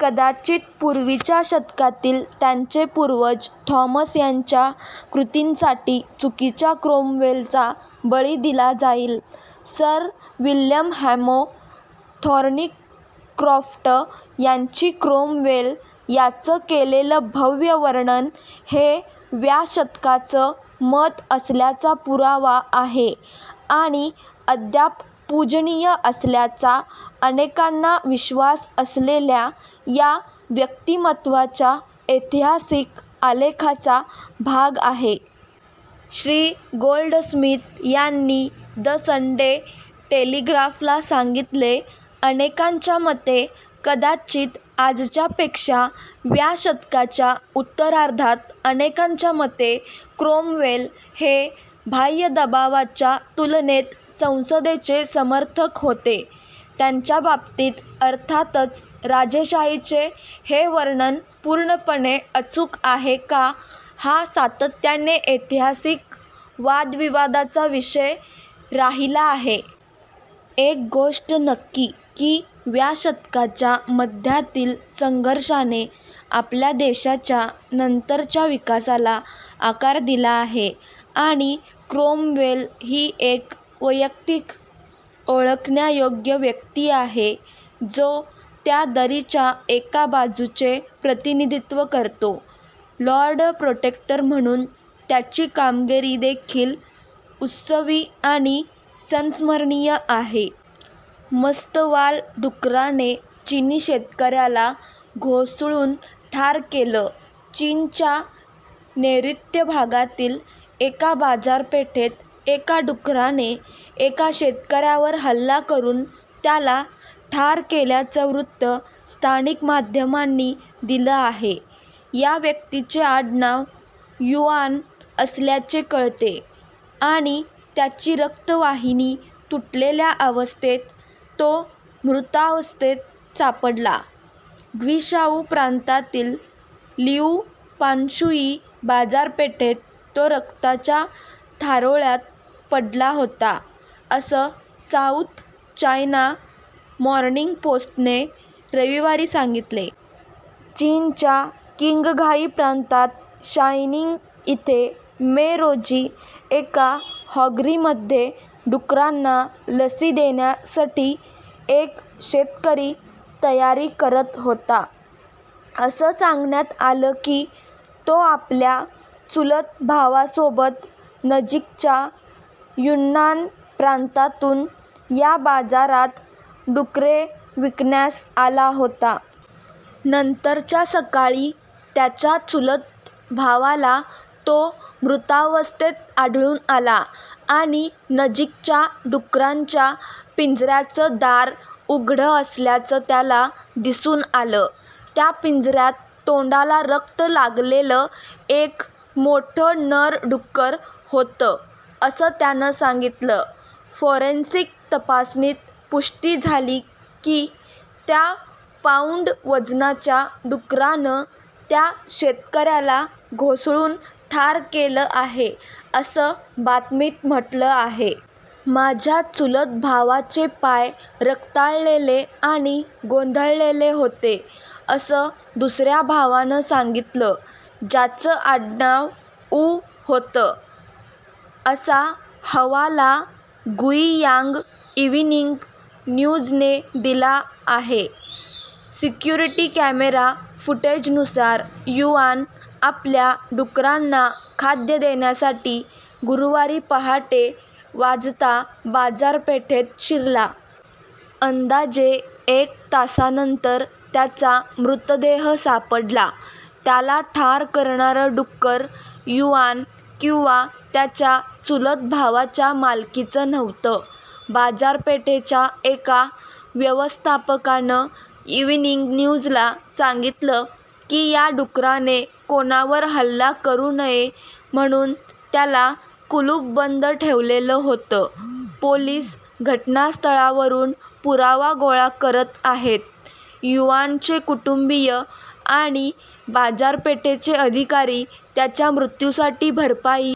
कदाचित पूर्वीच्या शतकातील त्यांचे पूर्वज थॉमस यांच्या कृतींसाठी चुकीच्या क्रोमवेलचा बळी दिला जाईल. सर विल्यम हॅमो थॉर्नीक्रॉफ्ट यांनी क्रोमवेल यांचं केलेलं भव्य वर्णन हे व्या शतकाचं मत असल्याचा पुरावा आहे आणि अद्याप पूजनीय असल्याचा अनेकांना विश्वास असलेल्या या व्यक्तिमत्वाच्या ऐतिहासिक आलेखाचा भाग आहे. श्री. गोल्डस्मिथ यांनी द संडे टेलिग्राफला सांगितले: "अनेकांच्या मते, कदाचित आजच्यापेक्षा व्या शतकाच्या उत्तरार्धात अनेकांच्या मते, क्रोमवेल हे, बाह्य दबावाच्या तुलनेत संसदेचे समर्थक होते, त्यांच्या बाबतीत अर्थातच राजेशाहीचे. हे वर्णन पूर्णपणे अचूक आहे का हा सातत्याने ऐतिहासिक वादविवादाचा विषय राहिला आहे. एक गोष्ट नक्की की व्या शतकाच्या मध्यातील संघर्षाने आपल्या देशाच्या नंतरच्या विकासाला आकार दिला आहे, आणि क्रोमवेल ही एक वैयक्तिक ओळखण्यायोग्य व्यक्ति आहे जो त्या दरीच्या एका बाजूचे प्रतिनिधीत्व करतो. लॉर्ड प्रोटेक्टर म्हणून त्याची कामगिरी देखील उत्सवी आणि संस्मरणीय आहे. " मस्तवाल डुकराने चिनी शेतकऱ्याला घोसळून ठार केलं चीनच्या नैऋत्य भागातील एका बाजारपेठेत एका डुकराने एका शेतकऱ्यावर हल्ला करुन त्याला ठार केल्याचं वृत्त स्थानिक माध्यमांनी दिलं आहे. या व्यक्तिचे आडनाव "युआन," असल्याचे कळते आणि त्याची रक्तवाहिनी तुटलेल्या अवस्थेत तो मृतावस्थेत सापडला, ग्विशाऊ प्रांतातील लिउपान्शुई बाजारपेठेत तो रक्ताच्या थारोळ्यात पडला होता असं साऊथ चायना मॉर्निंग पोस्टने रविवारी सांगितले. चीनच्या किंगघाई प्रांतात शायनिंग इथे मे, रोजी एका हॉगरीमध्ये डुकरांना लसी देण्यासठी एक शेतकरी तयारी करत होता. असं सांगण्यात आलं की तो आपल्या चुलतभावासोबत नजिकच्या युन्नान प्रांतातून या बाजारात डुकरे विकण्यास आला होता. नंतरच्या सकाळी, त्याच्या चुलत भावाला तो मृतावस्थेत आढळून आला, आणि नजिकच्या डुकरांच्या पिंजऱ्याचं दार उघडं असल्याचं त्याला दिसून आलं. त्या पिंजऱ्यात तोंडाला रक्त लागलेलं एक मोठं नर डुक्कर होतं असं त्यानं सांगितलं. फोरेन्सिक तपासणीत पुष्टि झाली की त्या पाऊंड वजनाच्या डुकरान त्या शेतकऱ्याला घोसळून ठार केलं आहे, असं बातमीत म्हटलं आहे. "माझ्या चुलत भावाचे पाय रक्ताळलेले आणि गोंधळलेले होते," असं दुसऱ्या भावानं सांगितलं, ज्याचं आडनाव "वु," होतं, असा हवाला गुईयांग इविनींग न्यूजने दिला आहे. सिक्युरिटी कॅमेरा फुटेजनुसार युआन आपल्या डुकरांना खाद्य देण्यासाठी गुरूवारी पहाटे वाजता बाजारपेठेत शिरला. अंदाजे एक तासानंतर त्याचा मृतदेह सापडला. त्याला ठार करणारं डुक्कर युआन किंवा त्याच्या चुलत भावाच्या मालकीचं नव्हतं. बाजारपेठेच्या एका व्यवस्थापकानं इविनींग न्यूजला सांगितलं की या डुकराने कोणावर हल्ला करु नये म्हणून त्याला कुलूपबंद ठेवलेलं होतं, पोलिस घटनास्थळावरुन पुरावा गोळा करत आहेत. युआनचे कुटुंबीय आणि बाजारपेठेचे अधिकारी त्याच्या मृत्युसाठी भरपाई